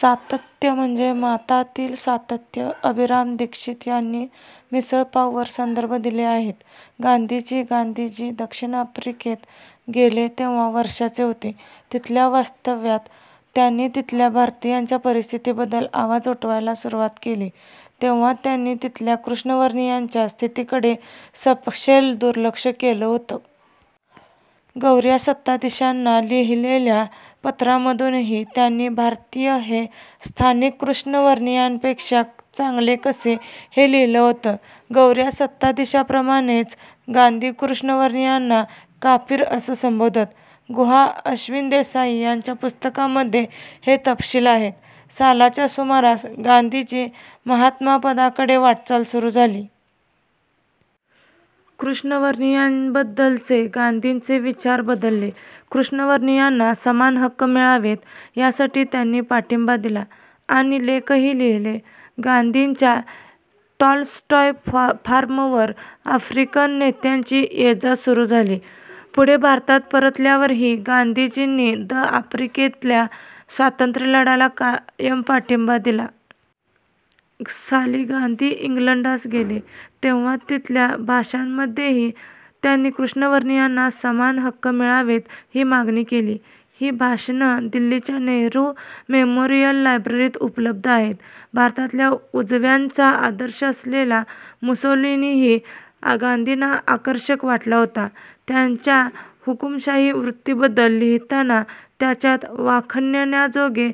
सातत्य म्हणजे मतातील सातत्य. अभिराम दीक्षित यांनी मिसळपाव वर संदर्भ दिले आहेत. " गांधीजीगांधीजी द. अफ्रिकेत गेले तेव्हा वर्षांचे होते. तिथल्या वास्तव्यात त्यांनी तिथल्या भारतीयांच्या परिस्थितीबद्दल आवाज उठवायला सुरुवात केली तेव्हा त्यांनी तिथल्या कृष्णवर्णीयांच्या स्थितीकडे सपशेल दुर्लक्ष केलं होतं. गोर्या सत्ताधीशांना लिहिलेल्या पत्रांमधूनही त्यांनी भारतीय हे स्थानिक कृष्णवर्णीयांपेक्षा चांगले कसे, हे लिहिलं होतं. गोर्या सत्ताधीशांप्रमाणेच गांधी कृष्णवर्णीयांना 'काफिर' असं संबोधत. गुहा, अश्विन देसाई यांच्या पुस्तकांमध्ये हे तपशील आहेत. सालाच्या सुमारास गांधींची महात्मापदाकडे वाटचाल सुरू झाली. कृष्णवर्णीयांबद्दलचे गांधींचे विचार बदलले. कृष्णवर्णीयांना समान हक्क मिळावेत, यासाठी त्यांनी पाठिंबा दिला आणि लेखही लिहिले. गांधींच्या टॉलस्टॉय फार्मवर आफ्रिकन नेत्यांची येजा सुरू झाली. पुढे भारतात परतल्यावरही गांधींनी द. आफ्रिकेतल्या स्वातंत्र्यलढ्याला कायम पाठिंबा दिला. साली गांधी इंग्लंडास गेले, तेव्हा तिथल्या भाषणांमध्येही त्यांनी कृष्णवर्णीयांना समान हक्का मिळावेत, ही मागणी केली. ही भाषणं दिल्लीच्या नेहरू मेमोरियल लायब्ररीत उपलब्ध आहेत. भारतातल्या उजव्यांचा आदर्श असलेला मुसोलिनीही गांधींना आकर्षक वाटला होता. त्याच्या हुकुमशाही वृत्तीबद्दल लिहिताना त्याच्यात वाखाणण्याजोगे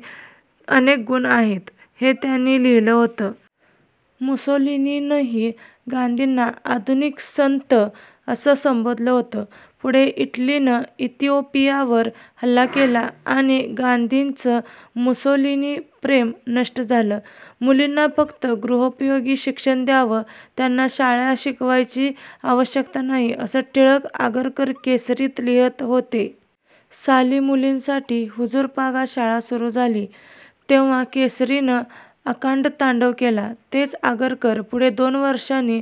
अनेक गुण आहेत, हे त्यांनी लिहिलं होतं. मुसोलिनीनंही गांधींना 'आधुनिक संत' असं संबोधलं होतं. पुढे इटलीनं इथिओपियावर हल्ला केला आणि गांधींचं मुसोलिनी-प्रेम नष्ट झालं. मुलींना फक्त गृहोपयोगी शिक्षण द्यावं, त्यांना शाळा शिकवायची आवश्यकता नाही असं टिळक आगरकर 'केसरी'त लिहीत होते. साली मुलींसाठी हुजूरपागा शाळा सुरू झाली तेव्हा 'केसरी'नं आकांडतांडव केला. तेच आगरकर पुढे दोन वर्षांनी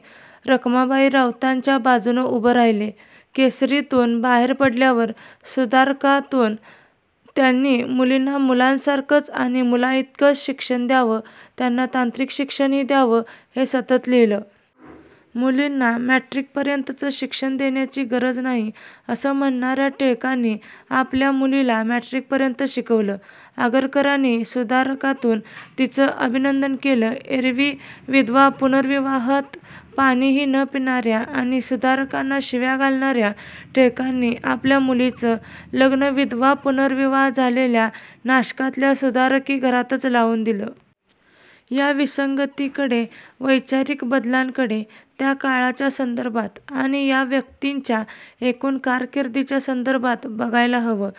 रखमाबाई राउतांच्या बाजूनं उभे राहिले. 'केसरी'तून बाहेर पडल्यावर 'सुधारका'तून त्यांनी 'मुलींना मुलांसारखंच आणि मुलांइतकंच शिक्षण द्यावं, त्यांना तांत्रिक शिक्षणही द्यावं' हे सतत लिहिलं. मुलींना मॅट्रिकपर्यंतचं शिक्षण देण्याची गरज नाही, असं म्हणणार्या टिळकांनी आपल्या मुलीला मॅट्रिकपर्यंत शिकवलं. आगरकरांनी सुधारकातून तिचं अभिनंदन केलं. एरवी विधवा-पुनर्विवाहात पाणीही न पिणार्या आणि सुधारकांना शिव्या घालणार्या टिळकांनी आपल्या मुलीचं लग्न विधवा-पुनर्विवाह झालेल्या नाशकातल्या सुधारकी घरातच लावून दिलं. या विसंगतींकडे, वैचारिक बदलांकडे त्या काळाच्या संदर्भात आणि या व्यक्तींच्या एकूण कारकिर्दीच्या संदर्भात बघायला हवं.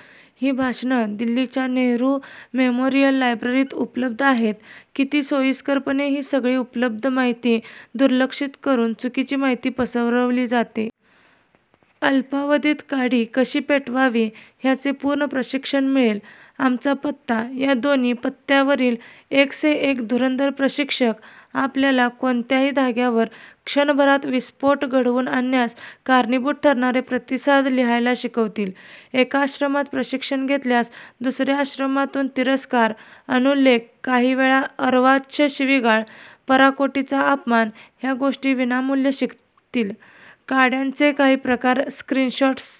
ही भाषणं दिल्लीच्या नेहरू मेमोरियल लायब्ररीत उपलब्ध आहेत >> किती सोयीस्करपणे ही सगळी ऊपलब्ध माहिती दुर्लक्षित करून चुकीची माहिती पसरवली जाते. अल्पावधीत काडी कशी पेटवावी ह्याचे पूर्ण प्रशिक्षण मिळेलःआमचा पत्ता: ्या दोन्ही पत्त्यांवरील एक से एक धुरंधर प्रशिक्षक आपल्याला कोणत्याही धाग्यावर क्षणभरात विस्फोट घडवून आणण्यास कारणीभूत ठरणारे प्रतिसाद लिहायला शिकवतील. एका आश्रमात प्रशिक्षण घेतल्यास दुसर्या आश्रमातून तिरस्कार, अनुल्लेख, काही वेळा अर्वाच्य शिवीगाळ, पराकोटीचा अपमान ह्या गोष्टी विनामूल्य मिळतील. काड्यांचे काही प्रकारः स्क्रीन शॉट्स